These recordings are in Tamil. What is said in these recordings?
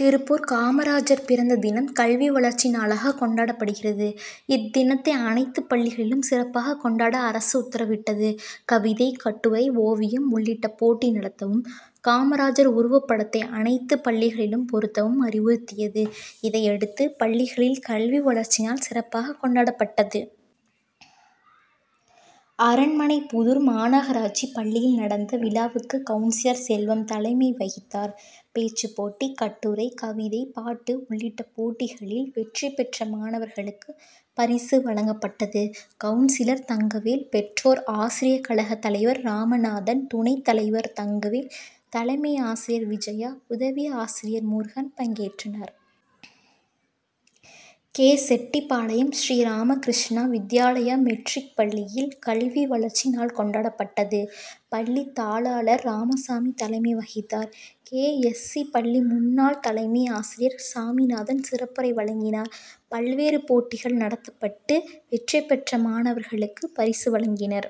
திருப்பூர் காமராஜர் பிறந்த தினம், கல்வி வளர்ச்சி நாளாக கொண்டாடப்படுகிறது. இத்தினத்தை அனைத்து பள்ளிகளிலும் சிறப்பாக கொண்டாட அரசு உத்தரவிட்டது. கவிதை, கட்டுரை, ஓவியம் உள்ளிட்ட போட்டி நடத்தவும்; காமராஜர் உருவப்படத்தை அனைத்து பள்ளிகளிலும் பொருத்தவும் அறிவுறுத்தியது. இதையடுத்து, பள்ளிகளில் கல்வி வளர்ச்சி நாள் சிறப்பாக கொண்டாடப்பட்டது. அரண்மனைப்புதூர் மாநகராட்சி பள்ளியில் நடந்த விழாவுக்கு கவுன்சிலர் செல்வம் தலைமை வகித்தார். பேச்சு போட்டி, கட்டுரை, கவிதை, பாட்டு உள்ளிட்ட போட்டிகளில் வெற்றி பெற்ற மாணவர்களுக்கு பரிசு வழங்கப்பட்டது. கவுன்சிலர் தங்கவேல், பெற்றோர் ஆசிரிய கழக தலைவர் ராமநாதன், துணை தலைவர் தங்கவேல், தலைமை ஆசிரியர் விஜயா, உதவி ஆசிரியர் முருகன் பங்கேற்றனர். கே. செட்டிபாளையம், ஸ்ரீராமகிருஷ்ணா வித்யாலயா மெட்ரிக் பள்ளியில் கல்வி வளர்ச்சி நாள் கொண்டாடப்பட்டது. பள்ளி தாளாளர் ராமசாமி தலைமை வகித்தார். கே. எஸ். சி., பள்ளி முன்னாள் தலைமை ஆசிரியர் சாமிநாதன் சிறப்புரை வழங்கினார். பல்வேறு போட்டிகள் நடத்தப்பட்டு, வெற்றி பெற்ற மாணவர்களுக்கு பரிசு வழங்கினர்.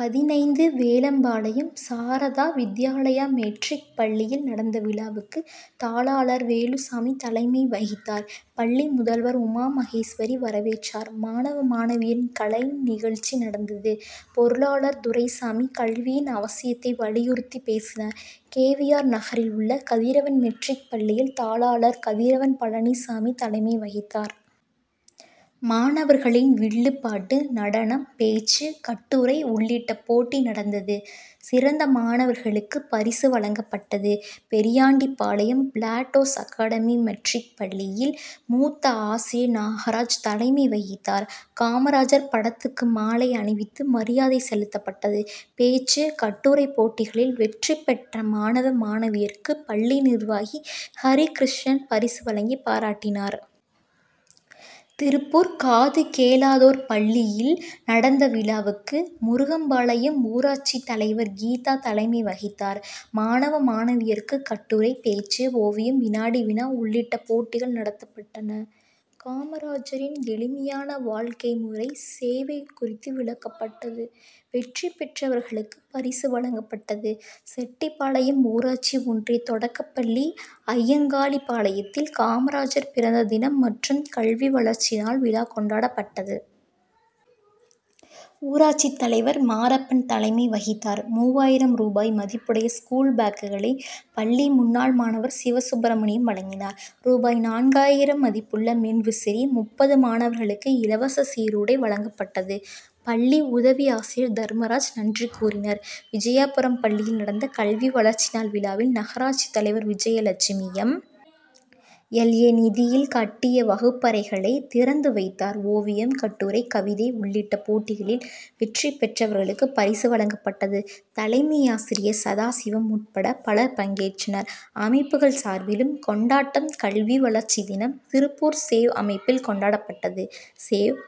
பதினைந்து வேலம்பாளையம், சாரதா வித்யாலயா மெட்ரிக் பள்ளியில் நடந்த விழாவுக்கு, தாளாளர் வேலுசாமி தலைமை வகித்தார். பள்ளி முதல்வர் உமா மகேஸ்வரி வரவேற்றார். மாணவ, மாணவியரின் கலை நிகழ்ச்சி நடந்தது. பொருளாளர் துரைசாமி, கல்வியின் அவசியத்தை வலியுறுத்தி பேசினார். கே. வி. ஆர்., நகரில் உள்ள கதிரவன் மெட்ரிக் பள்ளியில் தாளாளர் கதிரவன் பழனிசாமி தலைமை வகித்தார். மாணவர்களின் வில்லு பாட்டு, நடனம், பேச்சு, கட்டுரை உள்ளிட்ட போட்டி நடந்தது. சிறந்த மாணவர்களுக்கு பரிசு வழங்கப்பட்டது. பெரியாண்டிபாளையம் பிளாட்டோஸ் அகாடமி மெட்ரிக் பள்ளியில், மூத்த ஆசிரியர் நாகராஜ் தலைமை வகித்தார். காமராஜர் படத்துக்கு மாலை அணிவித்து மரியாதை செலுத்தப்பட்டது. பேச்சு, கட்டுரை போட்டிகளில் வெற்றி பெற்ற மாணவ, மாணவியருக்கு பள்ளி நிர்வாகி ஹரிகிருஷ்ணன் பரிசு வழங்கி பாராட்டினார். திருப்பூர் காதுகேளாதோர் பள்ளியில் நடந்த விழாவுக்கு, முருங்கம்பாளையம் ஊராட்சி தலைவர் கீதா தலைமை வகித்தார். மாணவ, மாணவியருக்கு கட்டுரை, பேச்சு, ஓவியம், வினாடி-வினா உள்ளிட்ட போட்டிகள் நடத்தப்பட்டன. காமராஜரின் எளிமையான வாழ்க்கை முறை, சேவை குறித்து விளக்கப்பட்டது. வெற்றி பெற்றவர்களுக்கு பரிசு வழங்கப்பட்டது. செட்டிபாளையம் ஊராட்சி ஒன்றிய தொடக்கப்பள்ளி அய்யங்காளிபாளையத்தில் காமராஜர் பிறந்த தினம் மற்றும் கல்வி வளர்ச்சி நாள் விழா கொண்டாடப்பட்டது. ஊராட்சி தலைவர் மாரப்பன் தலைமை வகித்தார். மூவாயிரம் ரூபாய் மதிப்புடைய ஸ்கூல் பேக்குகளை பள்ளி முன்னாள் மாணவர் சிவசுப்ரமணியம் வழங்கினார். ரூபாய் நான்காயிரம் மதிப்புள்ள மின்விசிறி, முப்பது மாணவர்களுக்கு இலவச சீருடை வழங்கப்பட்டது. பள்ளி உதவி ஆசிரியர் தர்மராஜ் நன்றி கூறினர். விஜயாபுரம் பள்ளியில் நடந்த கல்வி வளர்ச்சி நாள் விழாவில், நகராட்சி தலைவி விஜயலட்சுமி, எம். எல். ஏ., நிதியில் கட்டிய வகுப்பறைகளை திறந்து வைத்தார். ஒவியம், கட்டுரை, கவிதை உள்ளிட்ட போட்டிகளில் வெற்றி பெற்றவர்களுக்கு பரிசு வழங்கப்பட்டது. தலைமையாசிரியர் சதாசிவம் உட்பட பலர் பங்கேற்றனர். அமைப்புகள் சார்பிலும் கொண்டாட்டம் கல்வி வளர்ச்சி தினம், திருப்பூர் சேவ் அமைப்பில் கொண்டாடப்பட்டது. சேவ்